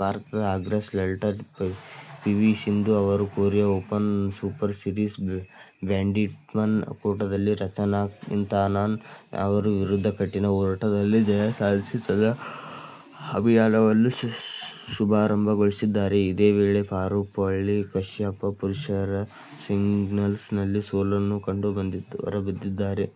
ಭಾರತದ ಅಗ್ರ shuttler PV Sindhu ಅವರು Korea open super series badminton ಕೂಟದಲ್ಲಿ ರಚನಾಕ್ ಇಂತನಾನ್ ಅವರ ವಿರುದ್ಧ ಕಠಿನ ಹೋರಾಟದಲ್ಲಿ ಜಯ ಸಾಧಿಸಿ ತನ್ನ ಅಭಿಯಾನವನ್ನು ಶುಭಾರಂಭಗೊಳಿಸಿದ್ದಾರೆ. ಇದೇ ವೇಳೆ ಪಾರುಪಳ್ಳಿ ಕಶ್ಯಪ್ ಪುರುಷರ ಸಿಂಗಲ್ಸ್ನಲ್ಲಿ ಸೋಲನ್ನು ಕಂಡು ಹೊರಬಿದ್ದಿದ್ದಾರೆ.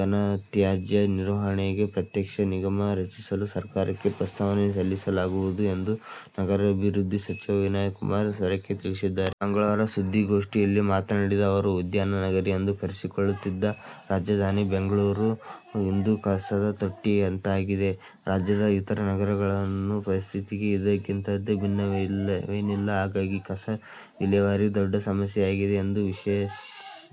ಘನತ್ಯಾಜ್ಯ ನಿರ್ವಹಣೆಗೆ ಪ್ರತ್ಯೇಕ ನಿಗಮ ರಚಿಸಲು ಸರಕಾರಕ್ಕೆ ಪ್ರಸ್ತಾವನೆ ಸಲ್ಲಿಸಲಾಗುವುದು ಎಂದು ನಗರಾಭಿವೃದ್ಧಿ ಸಚಿವ ವಿನಯಕುಮಾರ ಸೊರಕೆ ತಿಳಿಸಿದ್ದಾರೆ. ಮಂಗಳವಾರ ಸುದ್ದಿಗೋಷ್ಠಿಯಲ್ಲಿ ಮಾತನಾಡಿದ ಅವರು, ಉದ್ಯಾನ ನಗರಿ ಎಂದು ಕರೆಸಿಕೊಳ್ಳುತ್ತಿದ್ದ ರಾಜಧಾನಿ ಬೆಂಗಳೂರು ಇಂದು ಕಸದ ತೊಟ್ಟಿಯಂತಾಗಿದೆ. ರಾಜ್ಯದ ಇತರ ನಗರಗಳ ಪರಿಸ್ಥಿತಿಯೂ ಇದಕ್ಕಿಂತ ಭಿನ್ನವೇನಿಲ್ಲ. ಹಾಗಾಗಿ ಕಸ ವಿಲೇವಾರಿ ದೊಡ್ಡ ಸಮಸ್ಯೆಯಾಗಿದೆ ಎಂದು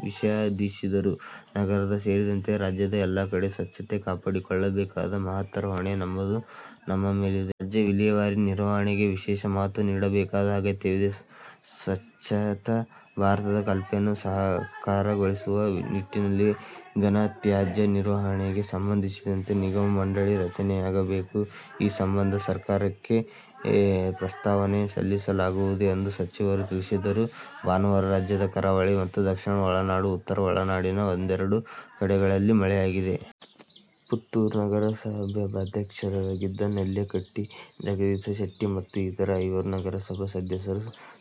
ವಿಷಾದಿಸಿದರು. ನಗರ ಸೇರಿದಂತೆ ರಾಜ್ಯದ ಎಲ್ಲಾ ಕಡೆ ಸ್ವತ್ಛತೆ ಕಾಪಾಡಿಕೊಳ್ಳಬೇಕಾದ ಮಹತ್ತರ ಹೊಣೆ ನಮ್ಮ ಮೇಲಿದೆ. ತಾಜ್ಯ ವಿಲೇವಾರಿ, ನಿರ್ವಹಣೆಗೆ ವಿಶೇಷ ಮಹತ್ವ ನೀಡಬೇಕಾದ ಅಗತ್ಯವಿದೆ. "ಸ್ವತ್ಛ ಭಾರತ'ದ ಕಲ್ಪನೆಯನ್ನು ಸಾಕಾರಗೊಳಿಸುವ ನಿಟ್ಟಿನಲ್ಲಿ ಘನತ್ಯಾಜ್ಯ ನಿರ್ವಹಣೆಗೆ ಸಂಬಂಧಿಸಿದಂತೆ ನಿಗಮ- ಮಂಡಳಿ ರಚನೆಯಾಗಬೇಕು. ಈ ಸಂಬಂಧ ಸರಕಾರಕ್ಕೆ ಪ್ರಸ್ತಾವನೆ ಸಲ್ಲಿಸಲಾಗುವುದು ಎಂದು ಸಚಿವರು ತಿಳಿಸಿದರು. ಭಾನುವಾರ ರಾಜ್ಯದ ಕರಾವಳಿ ಮತ್ತು ದಕ್ಷಿಣ ಒಳನಾಡು, ಉತ್ತರ ಒಳನಾಡಿನ ಒಂದೆರಡು ಕಡೆಗಳಲ್ಲಿ ಮಳೆಯಾಗಿದೆ. ಪುತ್ತೂರು ನಗರಸಭಾಧ್ಯಕ್ಷರಾಗಿದ್ದ ನೆಲ್ಲಿಕಟ್ಟೆ ಜಗದೀಶ ಶೆಟ್ಟಿ ಮತ್ತು ಇತರ ಐವರು ನಗರಸಭಾ ಸದಸ್ಯರ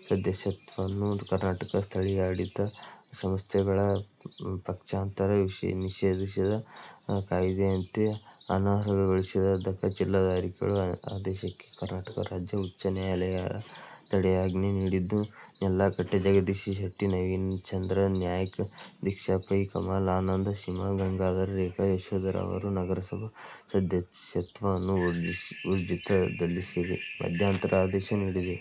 ಸದಸ್ಯತ್ವವನ್ನು ಕರ್ನಾಟಕ ಸ್ಥಳೀಯಾಡಳಿತ ಸಂಸ್ಥೆಗಳ ಪಕ್ಷಾಂತರ ನಿಷೇಧ ಕಾಯಿದೆಯಂತೆ ಅನರ್ಹಗೊಳಿಸಿದ ದ. ಕ. ಜಿಲ್ಲಾಧಿಕಾರಿಗಳ ಆದೇಶಕ್ಕೆ ಕರ್ನಾಟಕ ರಾಜ್ಯ ಉಚ್ಚ ನ್ಯಾಯಾಲಯ ತಡೆಯಾಜ್ಞೆ ನೀಡಿದ್ದು, ನೆಲ್ಲಕಟ್ಟೆ ಜಗದೀಶ ಶೆಟ್ಟಿ, ನವೀನ್ಚಂದ್ರ ನಾೖಕ್, ದೀಕ್ಷಾ ಪೈ, ಕಮಲಾ ಆನಂದ, ಸೀಮಾ ಗಂಗಾಧರ, ರೇಖಾ ಯಶೋಧರ ಅವರ ನಗರಸಭಾ ಸದಸ್ಯತ್ವವನ್ನು ಊರ್ಜಿತದಲ್ಲಿರಿಸಿ ಮಧ್ಯಾಂತರ ಆದೇಶ ನೀಡಿದೆ.